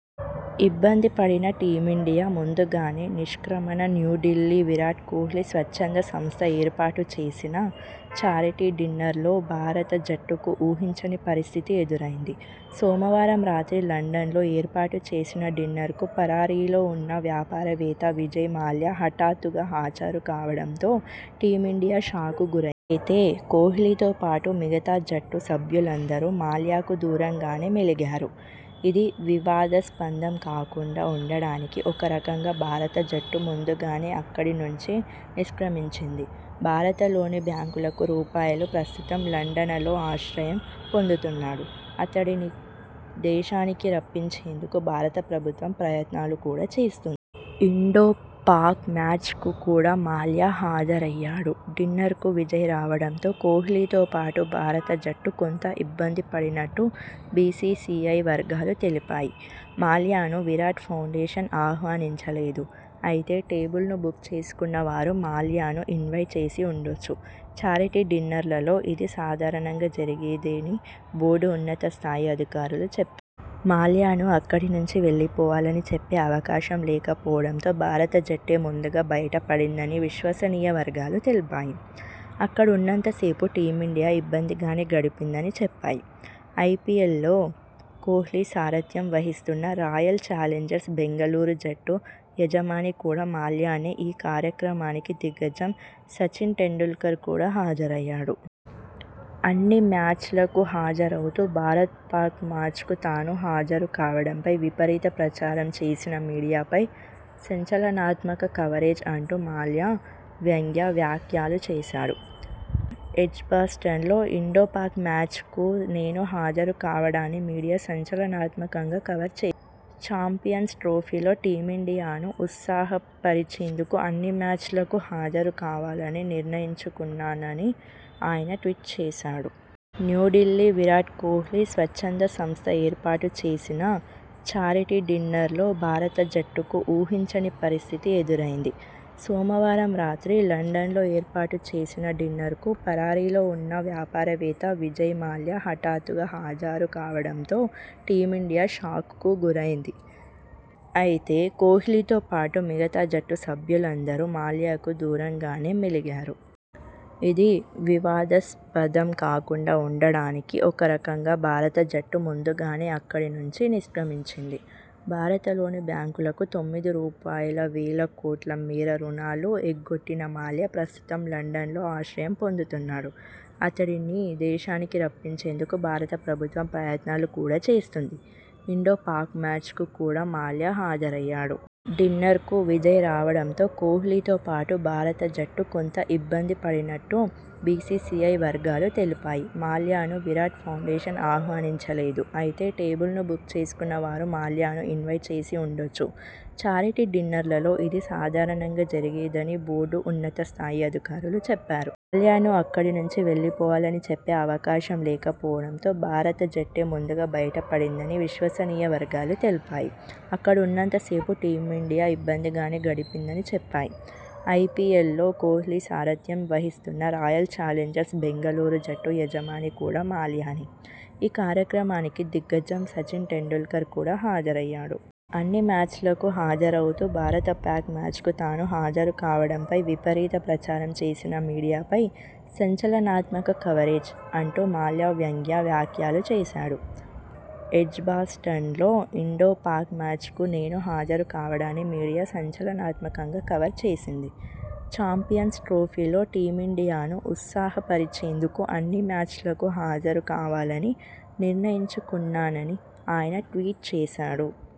ఇబ్బందిపడిన team India ముందుగానే నిష్క్రమణ న్యూఢిల్లీ విరాట్ కోహ్లీ స్వచ్ఛంద సంస్థ ఏర్పాటు చేసిన 'ఛారిటీ డిన్నర్'లో భారత జట్టుకు ఊహించని పరిస్థితి ఎదురైంది. సోమవారం రాత్రి లండన్ లో ఏర్పాటు చేసిన డిన్నర్కు పరారీలో ఉన్న వ్యాపారవేత్త విజయ్ మాల్యా హఠాత్తుగా హాజరుకావడంతో టీమిండియా షాక్కు గురైంది. అయితే కోహ్లీతోపాటు మిగతా జట్టు సభ్యులందరూ మాల్యాకు దూరంగానే మెలిగారు. ఇది వివాదాస్పదం కాకుండా ఉండడానికి ఒకరకంగా భారత జట్టు ముందుగానే అక్కడి నుంచి నిష్క్రమించింది. భారతలోని బ్యాంకులకు రూపాయలు ప్రస్తుతం లండనలో ఆశ్రయం పొందుతున్నాడు. అతడిని దేశానికి రప్పించేందుకు భారత ప్రభుత్వం ప్రయత్నాలు కూడా చేస్తోంది. ఇండో-పాక్ మ్యాచ్ కు కూడా మాల్యా హాజరయ్యాడు. డిన్నర్కు విజయ్ రావడంతో కోహ్లీతోపాటు భారత జట్టు కొంత ఇబ్బందిపడినట్టు బీసీసీఐ వర్గాలు తెలిపాయి. 'మాల్యాను విరాట్ ఫౌండేషన్ ఆహ్వానించలేదు. అయితే టేబుల్ను బుక్ చేసుకున్న వారు మాల్యాను ఇన్వైట్ చేసి ఉండొచ్చు. ఛారిటీ డిన్నర్లలో ఇది సాధారణంగా జరిగేద'ని బోర్డు ఉన్నతస్థాయి అధికారులు చెప్పారు. మాల్యాను అక్కడి నుంచి వెళ్లిపోవాలని చెప్పే అవకాశం లేకపోవడంతో.. భారత జట్టే ముందుగా బయటపడిందని విశ్వసనీయ వర్గాలు తెలిపాయి. అక్కడ ఉన్నంత సేపు టీమిండియా ఇబ్బందిగానే గడిపిందని చెప్పాయి. ఐపీఎల్లో కోహ్లీ సారథ్యం వహిస్తున్న రాయల్ చాలెంజర్స్ బెంగళూరు జట్టు యజమాని కూడా మాల్యానే ఈ కార్యక్రమానికి దిగ్గజం సచిన టెండూల్కర్ కూడా హాజరయ్యాడు. అన్ని మ్యాచలకూ హాజరవుతా.. భారత్-పాక్ మ్యాచ్ కు తాను హాజరుకావడంపై విపరీత ప్రచారం చేసిన మీడియాపై 'సంచలనాత్మక కవరేజ్' అంటూ మాల్యా వ్యంగ్య వ్యాఖ్యలు చేశాడు. 'ఎడ్జ్బాస్టన్ లో ఇండో-పాక్ మ్యాచ కు నేను హాజరుకావడాన్ని మీడియా సంచలనాత్మకంగా కవర్ చేసింది. చాంపియన్స్ ట్రోఫీలో టీమిండియాను ఉత్సాహపరిచేందుకు అన్ని మ్యాచ్ లకూ హాజరుకావాలని నిర్ణయించుకున్నాన'ని ఆయన ట్వీట్ చేశాడు. న్యూఢిల్లీ విరాట్ కోహ్లీ స్వచ్ఛంద సంస్థ ఏర్పాటు చేసిన 'ఛారిటీ డిన్నర్'లో భారత జట్టుకు ఊహించని పరిస్థితి ఎదురైంది. సోమవారం రాత్రి లండన్ లో ఏర్పాటు చేసిన డిన్నర్కు పరారీలో ఉన్న వ్యాపారవేత్త విజయ్ మాల్యా హఠాత్తుగా హాజరుకావడంతో టీమిండియా షాక్కు గురైంది. అయితే కోహ్లీతోపాటు మిగతా జట్టు సభ్యులందరూ మాల్యాకు దూరంగానే మెలిగారు. ఇది వివాదాస్పదం కాకుండా ఉండడానికి ఒకరకంగా భారత జట్టు ముందుగానే అక్కడి నుంచి నిష్క్రమించింది. భారతలోని బ్యాంకులకు తొమ్మిది రూపాయలువేల కోట్ల మేర రుణాలు ఎగ్గొట్టిన మాల్యా.. ప్రస్తుతం లండనలో ఆశ్రయం పొందుతున్నాడు. అతడిని దేశానికి రప్పించేందుకు భారత ప్రభుత్వం ప్రయత్నాలు కూడా చేస్తోంది. ఇండో-పాక్ మ్యాచ్ కు కూడా మాల్యా హాజరయ్యాడు. డిన్నర్కు విజయ్ రావడంతో కోహ్లీతోపాటు భారత జట్టు కొంత ఇబ్బందిపడినట్టు బీసీసీఐ వర్గాలు తెలిపాయి. 'మాల్యాను విరాట్ ఫౌండేషన్ ఆహ్వానించలేదు. అయితే టేబుల్ను బుక్ చేసుకున్న వారు మాల్యాను ఇన్వైట్ చేసి ఉండొచ్చు. ఛారిటీ డిన్నర్లలో ఇది సాధారణంగా జరిగేద'ని బోర్డు ఉన్నతస్థాయి అధికారులు చెప్పారు. మాల్యాను అక్కడి నుంచి వెళ్లిపోవాలని చెప్పే అవకాశం లేకపోవడంతో.. భారత జట్టే ముందుగా బయటపడిందని విశ్వసనీయ వర్గాలు తెలిపాయి. అక్కడ ఉన్నంత సేపు టీమిండియా ఇబ్బందిగానే గడిపిందని చెప్పాయి. ఐపీఎల్లో కోహ్లీ సారథ్యం వహిస్తున్న రాయల్ చాలెంజర్స్ బెంగళూరు జట్టు యజమాని కూడా మాల్యానే..! ఈ కార్యక్రమానికి దిగ్గజం సచిన టెండూల్కర్ కూడా హాజరయ్యాడు. అన్ని మ్యాచలకూ హాజరవుతా.. భారత్-పాక్ మ్యాచ్ కు తాను హాజరుకావడంపై విపరీత ప్రచారం చేసిన మీడియాపై 'సంచలనాత్మక కవరేజ్' అంటూ మాల్యా వ్యంగ్య వ్యాఖ్యలు చేశాడు. 'ఎడ్జ్బాస్టన్ లో ఇండో-పాక్ మ్యాచ కు నేను హాజరుకావడాన్ని మీడియా సంచలనాత్మకంగా కవర్ చేసింది. చాంపియన్స్ ట్రోఫీలో టీమిండియాను ఉత్సాహపరిచేందుకు అన్ని మ్యాచ్ లకూ హాజరుకావాలని నిర్ణయించుకున్నాన'ని ఆయన ట్వీట్ చేశాడు.